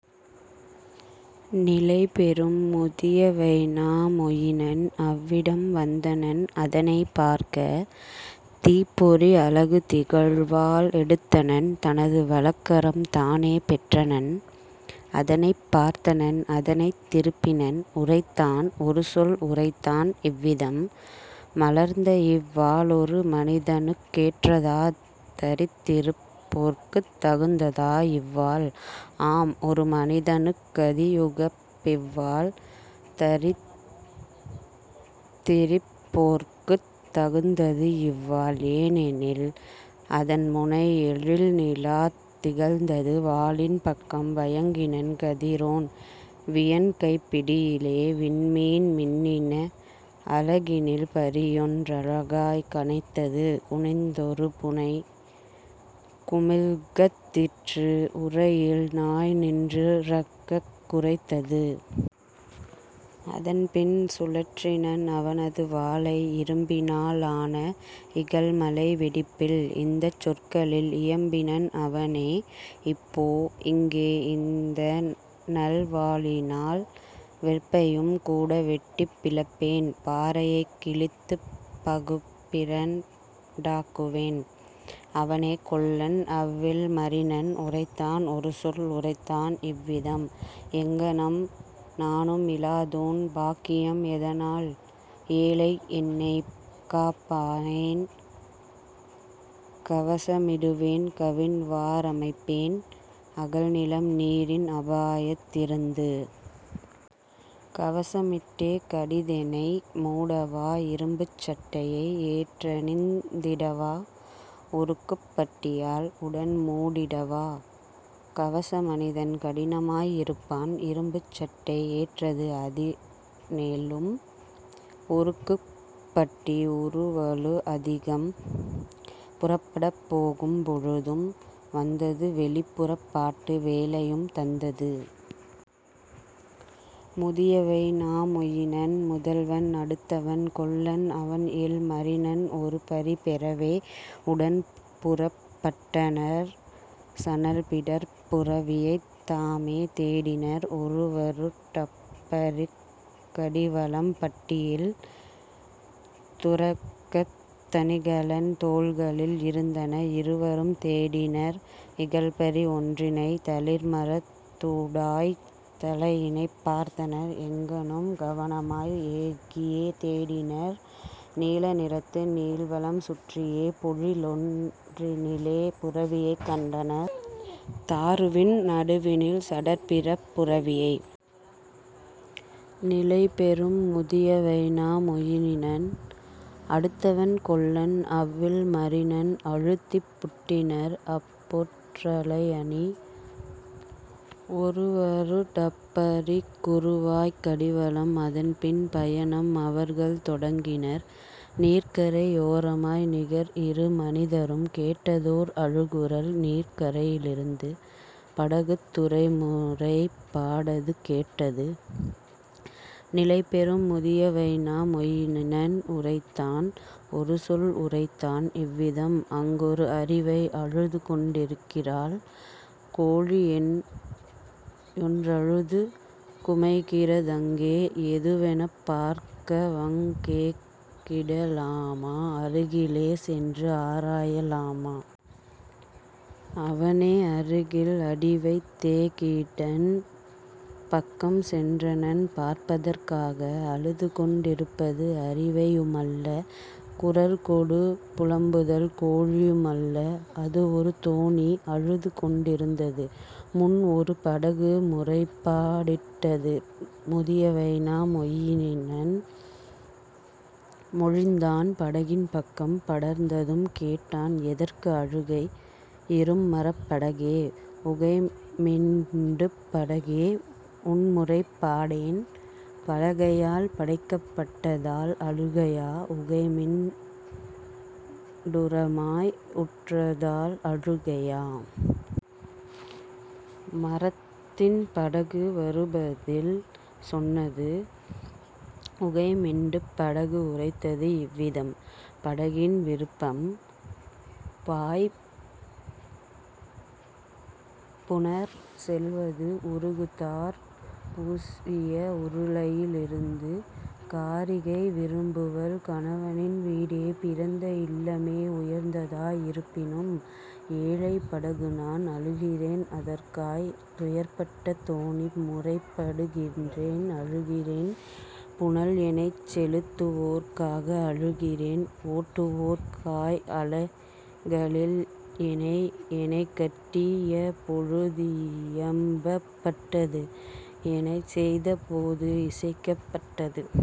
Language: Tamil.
நிலைபெறும் முதிய வைனா மொயினன்। அவ்விடம் வந்தனன் அதனைப் பார்க்க தீப்பொறி அலகு திகழ்வாள் எடுத்தனன் தனது வலக்கரம் தானே பெற்றனன் அதனைப் பார்த்தனன் அதனைத் திருப்பினன் உரைத்தான் ஒருசொல் உரைத்தான் இவ்விதம்: "மலர்ந்தஇவ் வாளொரு மனிதனுக் கேற்றதா தரித்திருப் போற்குத் தகுந்ததா இவ்வாள்? " ஆம், ஒரு மனிதனுக் கதியுகப் பிவ்வாள் தரித்திரிப் போற்குத் தகுந்தது இவ்வாள் ஏனெனில் அதன்முனை எழில்நிலாத் திகழ்ந்தது வாளின் பக்கம் வயங்கினன் கதிரோன் வியன்கைப் பிடியிலே விண்மீன் மின்னின அலகினில் பரியொன் றழகாய்க் கனைத்தது குனிந் தொருபுனை குமிழ்கத் திற்று உறையில் நாய்நின் றுரக்கக் குரைத்தது. அதன்பின் சுழற்றினன் அவனது வாளை இரும்பினா லான இகல்மலை வெடிப்பில் இந்தச் சொற்களில் இயம்பினன் அவனே: "இப்போ இங்கே இந்தநல் வாளினால் வெற்பையும் கூட வெட்டிப் பிளப்பேன் பாறையைக் கிழித்துப் பகுப்பிரண் டாக்குவேன். " அவனே கொல்லன் அவ்வில் மரினன் உரைத்தான் ஒருசொல் உரைத்தான் இவ்விதம்: "எங்ஙனம் நானும் இலாதோன் பாக்கியம் எதனால் ஏழை என்னைக் காப்பாநேன் கவச மிடுவேன் கவின்வா ரமைப்பேன் அகல்நிலம் நீரின் அபாயத் திருந்து? கவச மிட்டே கடிதெனை மூடவா இரும்புச் சட்டையை ஏற்றணிந் திடவா உருக்குப் பட்டியால் உடன்மூ டிடவா? கவச மனிதன் கடினமாய் இருப்பான் இரும்புச் சட்டை ஏற்றது அதனிலும் உருக்குப் பட்டி உறுவலு அதிகம். " புறப்படப் போகும் பொழுதும் வந்தது வெளிப்புறப் பாட்டு வேளையும் தந்தது முதிய வைனா மொயினன் முதல்வன் அடுத்தவன் கொல்லன் அவன்இல் மரினன் ஒருபரி பெறவே உடன்புறப் பட்டனர் சணல்பிடர்ப் புரவியைத் தாமே தேடினர் ஒருவரு டப்பரிக் கடிவளம் பட்டியில் துரகத் தணிகலன் தோள்களில் இருந்தன இருவரும் தேடினர் இகல்பரி ஒன்றினை தளிர்மரத் தூடாய்த் தலையினைப் பார்த்தனர் எங்ஙணும் கவனமாய் ஏகியே தேடினர் நீல நிறத்து நீள்வனம் சுற்றியே; பொழிலொன் றினிலே புரவியைக் கண்டனர் தாருவின் நடுவினில் சடற்பிடர்ப் புரவியை. நிலைபெறும் முதிய வைனா மொயினன் அடுத்தவன் கொல்லன் அவ்வில் மரினன் அழுத்திப் புட்டினர் அம்பொற் றலையணி ஒருவரு டப்பரிக் குறுவாய்க் கடிவளம் அதன்பின் பயணம் அவர்கள் தொடங்கினர் நீர்க்கரை யோரமாய் நிகர்இரு மனிதரும் கேட்டதோர் அழுகுரல் நீர்க் கரையிருந்து படகுத் துறைமுறைப் பாடது கேட்டது. நிலைபெறும் முதிய வைனா மொயினன் உரைத்தான் ஒருசொல் உரைத்தான் இவ்விதம்: "அங்கொரு அரிவை அழுதுகொண் டிருக்கிறாள் கோழியொன் றழுது குமைகிற தங்கே எதுவெனப் பார்க்கவங் கேகிட லாமா அருகிலே சென்று ஆராய லாமா? " அவனே அருகில் அடிவைத் தேகிடன் பக்கம் சென்றனன் பார்ப்பதற் காக; அழுதுகொண் டிருப்பது அரிவையு மல்ல குரல்கொடு புலம்புதல் கோழியு மல்ல; அதுஒரு தோணி அழுதுகொண் டிருந்தது முன்ஒரு படகு முறைப்பா டிட்டது. முதிய வைனா மொயினன் மொழிந்தான் படகின் பக்கம் படர்ந்ததும் கேட்டான்: "எதற்கு அழுகை இரும்மரப் படகே உகைமிண்டுப் படகே உன்முறைப் பாடேன் பலகையால் படைக்கப் பட்டதால் அழுகையா உகைமிண் டுரமாய் உற்றதால் அழுகையா? " மரத்தின் படகு வருபதில் சொன்னது உகைமிண்டுப் படகு உரைத்தது இவ்விதம்: "படகின் விருப்பம் பாய்புனற் செல்வது உருகு தார் புசிய உருளையி லிருந்து காரிகை விரும்புவள் கணவனின் வீடே பிறந்த இல்லமே உயர்ந்ததா யிருப்பினும்; ஏழைப் படகுநான் அழுகிறேன் அதற்காய் துயர்ப்பட்ட தோணி முறைப்படு கின்றேன் அழுகிறேன் புனல்எனைச் செலுத்துவோற் காக அழுகிறேன் ஓட்டுவோற் காய்அலை களில்எனை. எனைக்கட் டியபொழு தியம்பப் பட்டது எனைச்செய்த போது இசைக்கப் பட்டது